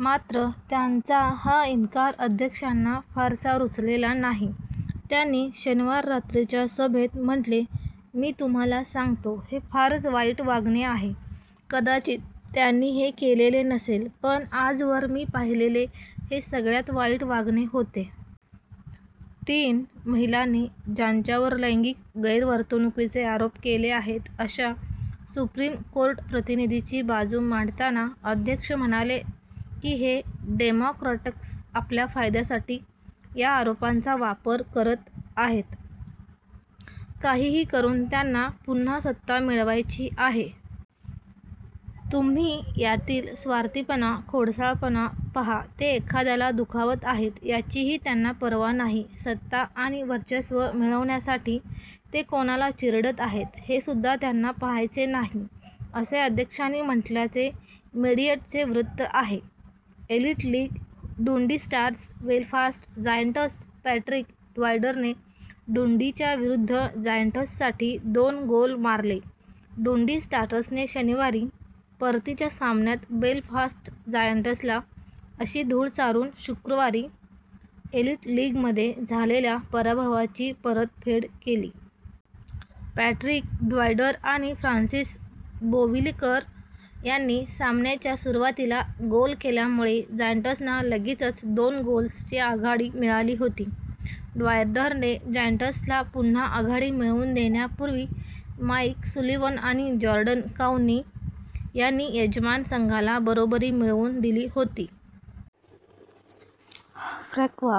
मात्र, त्यांचा हा इन्कार अध्यक्षांना फारसा रुचलेला नाही. त्यांनी शनिवार रात्रीच्या सभेत म्हटले, "मी तुम्हाला सांगतो, हे फारच वाईट वागणे आहे. " कदाचित त्यांनी हे केलेले नसेल पण आजवर मी पाहिलेले हे सगळ्यात वाईट वागणे होते. " तीन महिलांनी ज्यांच्यावर लैंगिक गैरवर्तणुकीचे आरोप केले आहेत अशा सुप्रीम कोर्ट प्रतिनिधीची बाजू मांडताना अध्यक्ष म्हणाले की हे डेमोक्रॅट्स आपल्या फायद्यासाठी या आरोपांचा वापर करत आहेत. काहीही करून त्यांना पुन्हा सत्ता मिळवायची आहे. तुम्ही यातील स्वार्थीपणा, खोडसाळपणा पहा, ते एखाद्याला दुखावत आहेत, याचीही त्यांना पर्वा नाही, सत्ता आणि वर्चस्व मिळवण्यासाठी ते कोणाला चिरडत आहेत, हेसुद्धा त्यांना पहायचे नाही," असे अध्यक्षांनी म्हटल्याचे मेडिएटचे वृत्त आहे. Elite League: Dundee Stars Belfast Giants Patrick ड्वायरने डुंडीच्या विरुद्ध जायंट्ससाठी दोन गोल मारले डुंडी स्टार्सने शनिवारी परतीच्या सामन्यात बेलफास्ट जायंट्सला अशी धूळ चारून शुक्रवारी एलीट लीगमध्ये झालेल्या पराभवाची परतफेड केली. पॅट्रिक ड्वायर आणि फ्रान्सिस बोविलीअर यांनी सामन्याच्या सुरुवातीला गोल केल्यामुळे जायंट्सना लगेचच दोन गोल्सची आघाडी मिळाली होती. ड्वायरने जायंट्सला पुन्हा आघाडी मिळवून देण्यापूर्वी माइक सुलीवन आणि जॉर्डन काउनी यांनी यजमान संघाला बरोबरी मिळवून दिली होती. फ्रँक्वा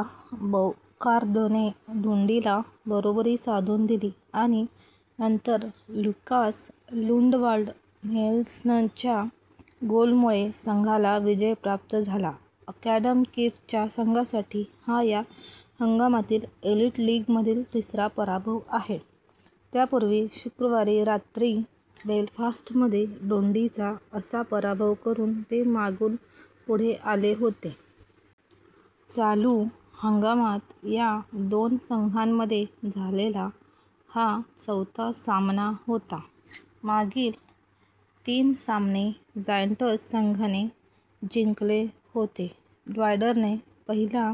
बौकार्दने डुंडीला बरोबरी साधून दिली आणि नंतर ल्युकास लुंडवाल्ड निएल्सनच्या गोलमुळे संघाला विजय प्राप्त झाला. अॅडम कीफच्या संघासाठी हा या हंगामातील एलीट लीगमधील तिसरा पराभव आहे. त्यापूर्वी शुक्रवारी रात्री बेलफास्टमध्ये डुंडीचा असा पराभव करून ते मागून पुढे आले होते. चालू हंगामात या दोन संघांमध्ये झालेला हा चौथा सामना होता. मागील तीन सामने जायंट्स संघाने जिंकले होते. ड्वायरने पहिला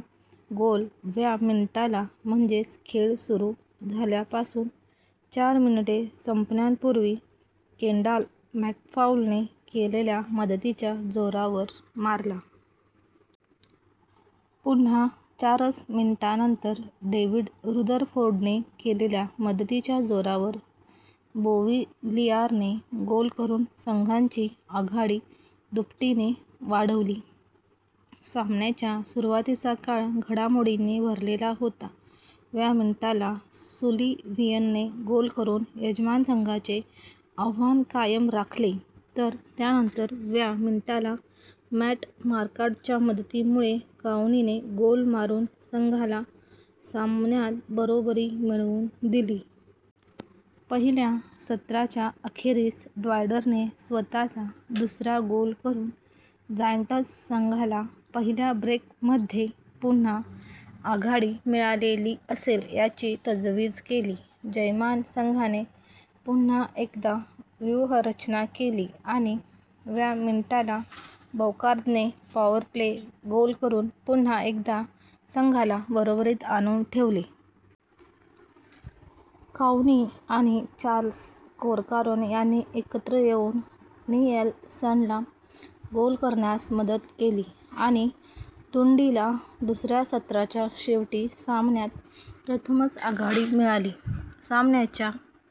गोल व्या मिनिटाला म्हणजेच खेळ सुरू झाल्यापासून चार मिनिटे संपण्यापूर्वी केंडाल मॅकफाउलने केलेल्या मदतीच्या जोरावर मारला. पुन्हा चारच मिनिटांनंतर डेव्हिड रुदरफोर्डने केलेल्या मदतीच्या जोरावर बोविलीआरने गोल करून संघाची आघाडी दुपटीने वाढवली. सामन्याचा सुरुवातीचा काळ घडामोडींनी भरलेला होता.: व्या मिनिटाला सुलिवीअनने गोल करून यजमान संघाचे आव्हान कायम राखले, तर त्यानंतर: व्या मिनिटाला मॅट मार्कार्ड्टच्या मदतीमुळे काउनीने गोल मारून संघाला सामन्यात बरोबरी मिळवून दिली. पहिल्या सत्राच्या अखेरीस ड्वायरने स्वत:चा दुसरा गोल करून जायंट्स संघाला पहिल्या ब्रेकमध्ये पुन्हा आघाडी मिळालेली असेल याची तजवीज केली. "जयमान संघाने पुन्हा एकदा व्यूहरचना केली आणि: व्या मिनिटाला बौकार्दने पॉवर प्ले गोल करून पुन्हा एकदा संघाला बरोबरीत आणून ठेवले. " काउनी आणि चार्ल्स कोरकारन यांनी एकत्र येऊन नीएलसनला गोल करण्यास मदत केली आणि डुंडीला दुसऱ्या सत्राच्या शेवटी सामन्यात प्रथमच आघाडी मिळाली. सामन्याच्या